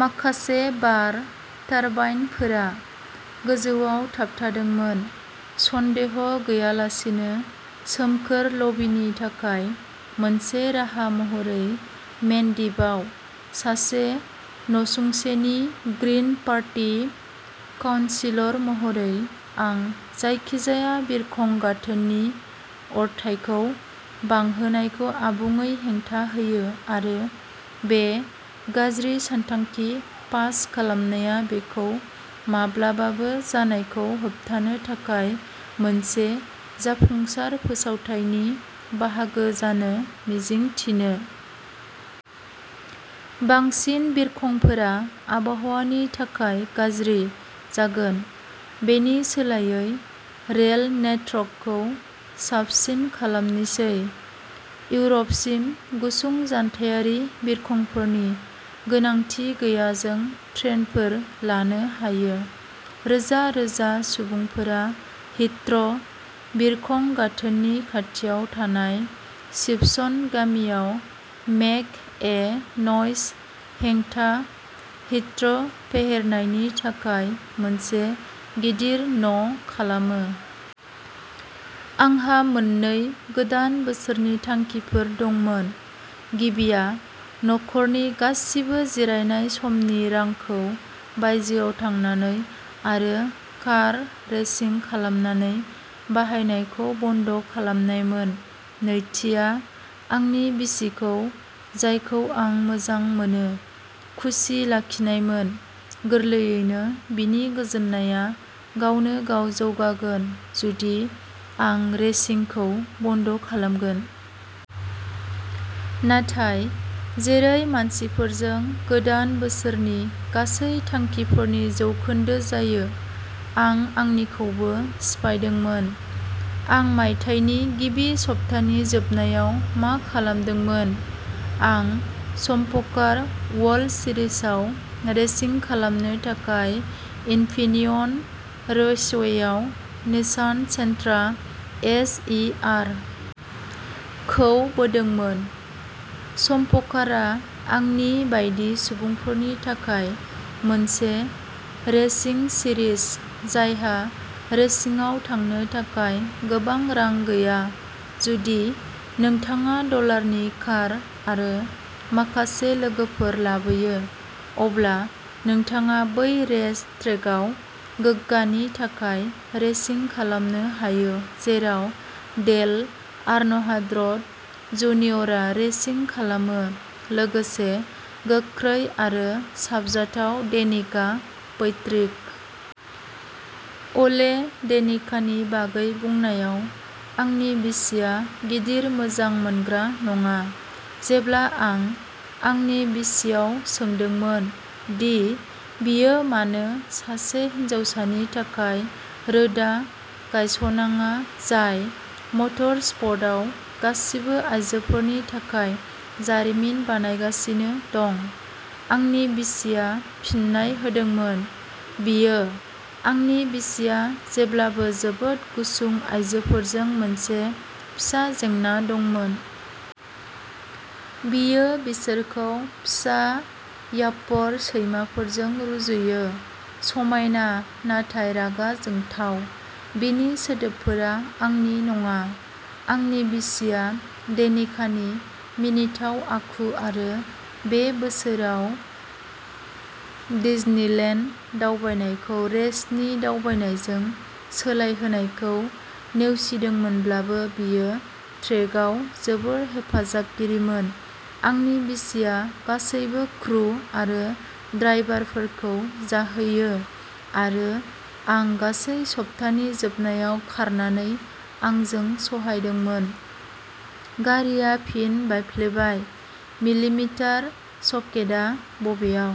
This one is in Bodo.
माखासे बार टारबाइनफोरा गोजौआव थाबथादोंमोन, सन्देह गैयालासेनो सोमखोर लबिनि थाखाय मोनसे राहा महरै। मेन्डिपआव सासे नसुंसेनि ग्रिन पार्टी काउनसिलर महरै आं जायखिजाया बिरखं गाथोननि अरथाइखौ बांहोनायखौ आबुङै हेंथा होयो आरो बे गाज्रि सानथांखि पास खालामनाया बेखौ माब्लाबाबो जानायखौ होबथानो थाखाय मोनसे जाफुंसार फोसावथायनि बाहागो जानो मिजिं थिनो। बांसिन बिरखंफोरा आबहावानि थाखाय गाज्रि जागोन। बेनि सोलायै रेल नेटवर्कखौ साबसिन खालामनिसै। इउर'पसिम गुसुं जानथायारि बिरखंफोरनि गोनांथि गैयाजों ट्रेनफोर लानो हायो! रोजा रोजा सुबुंफोरा हिथ्रो बिरखं गाथोननि खाथियाव थानाय सिपसन गामियाव "मेक ए न'इज" हेंथा हिथ्रो फेहेरनायनि थाखाय मोनसे गिदिर "न'" खालामो। आंहा मोननै गोदान बोसोरनि थांखिफोर दंमोन। गिबिया नखरनि गासिबो जिरायनाय समनि रांखौ बायजोआव थांनानै आरो कार रेसिं खालामनानै बाहायनायखौ बन्द'खालामनायमोन। नैथिआ आंनि बिसिखौ, जायखौ आं मोजां मोनो, खुसि लाखिनायमोन। गोरलैयैनो, बिनि गोजोननाया गावनो गाव जौगागोन जुदि आं रेसिंखौ बन्द'खालामगोन। नाथाय जेरै मानसिफोरजों गोदान बोसोरनि गासै थांखिफोरनि जौखोन्दो जायो, आं आंनिखौबो सिफायदोंमोन। आं मायथाइनि गिबि सप्तानि जोबनायाव मा खालामदोंमोन? आं चम्पकार वर्ल्ड सिरिजआव रेसिं खालामनो थाखाय इनफिनियन रेसवेआव Nissan Sentra S. E. -R. खौ बोदोंमोन। चम्पकारआ आंनि बायदि सुबुंफोरनि थाखाय मोनसे रेसिं सिरिज, जायहा रेसिंआव थांनो थाखाय गोबां रां गैया। जुदि नोंथाङा डलारनि कार आरो माखासे लोगोफोर लाबोयो, अब्ला नोंथाङा बै रेस ट्रेकआव गोग्गानि थाखाय रेसिं खालामनो हायो जेराव डेल आर्नहार्ड्ट, जुनियरआ रेसिं खालामो, लोगोसे गोख्रै आरो साबजाथाव डेनिका पैट्रिक। ओले डेनिकानि बागै बुंनायाव, आंनि बिसिआ गिदिर मोजां मोनग्रा नङा। जेब्ला आं आंनि बिसियाव सोंदोंमोन दि बियो मानो सासे हिनजावसानि थाखाय रोदा गायसनाङा जाय मटरस्प'र्टआव गासिबो आयजोफोरनि थाखाय जारिमिन बानायगासिनो दं, आंनि बिसिआ फिननाय होदोंमोन, "बियो "आंनि बिसिया जेब्लाबो जोबोद गुसुं आयजोफोरजों मोनसे फिसा जेंना दंमोन। बियो बिसोरखौ फिसा याप्पर सैमाफोरजों रुजुयो", समायना नाथाय रागा जोंथाव "-बिनि सोदोबफोरा आंनि नङा। आंनि बिसिया डेनिकानि मिनिथाव आखु आरो बे बोसोराव डिजनिलेन्ड दावबायनायखौ रेसनि दावबायनायजों सोलायहोनायखौ नेवसिदोंमोनब्लाबो, बियो ट्रेकआव जोबोद हेफाजाबगिरिमोन। आंनि बिसिया गासैबो क्रु आरो ड्राइभारफोरखौ जाहैयो आरो आं गासै सप्तानि जोबनायाव खारनानै आंजों सहायदोंमोन," गारिआ फिन बायफ्लेबाय, मिलिमिटार सकेटआ बबेयाव!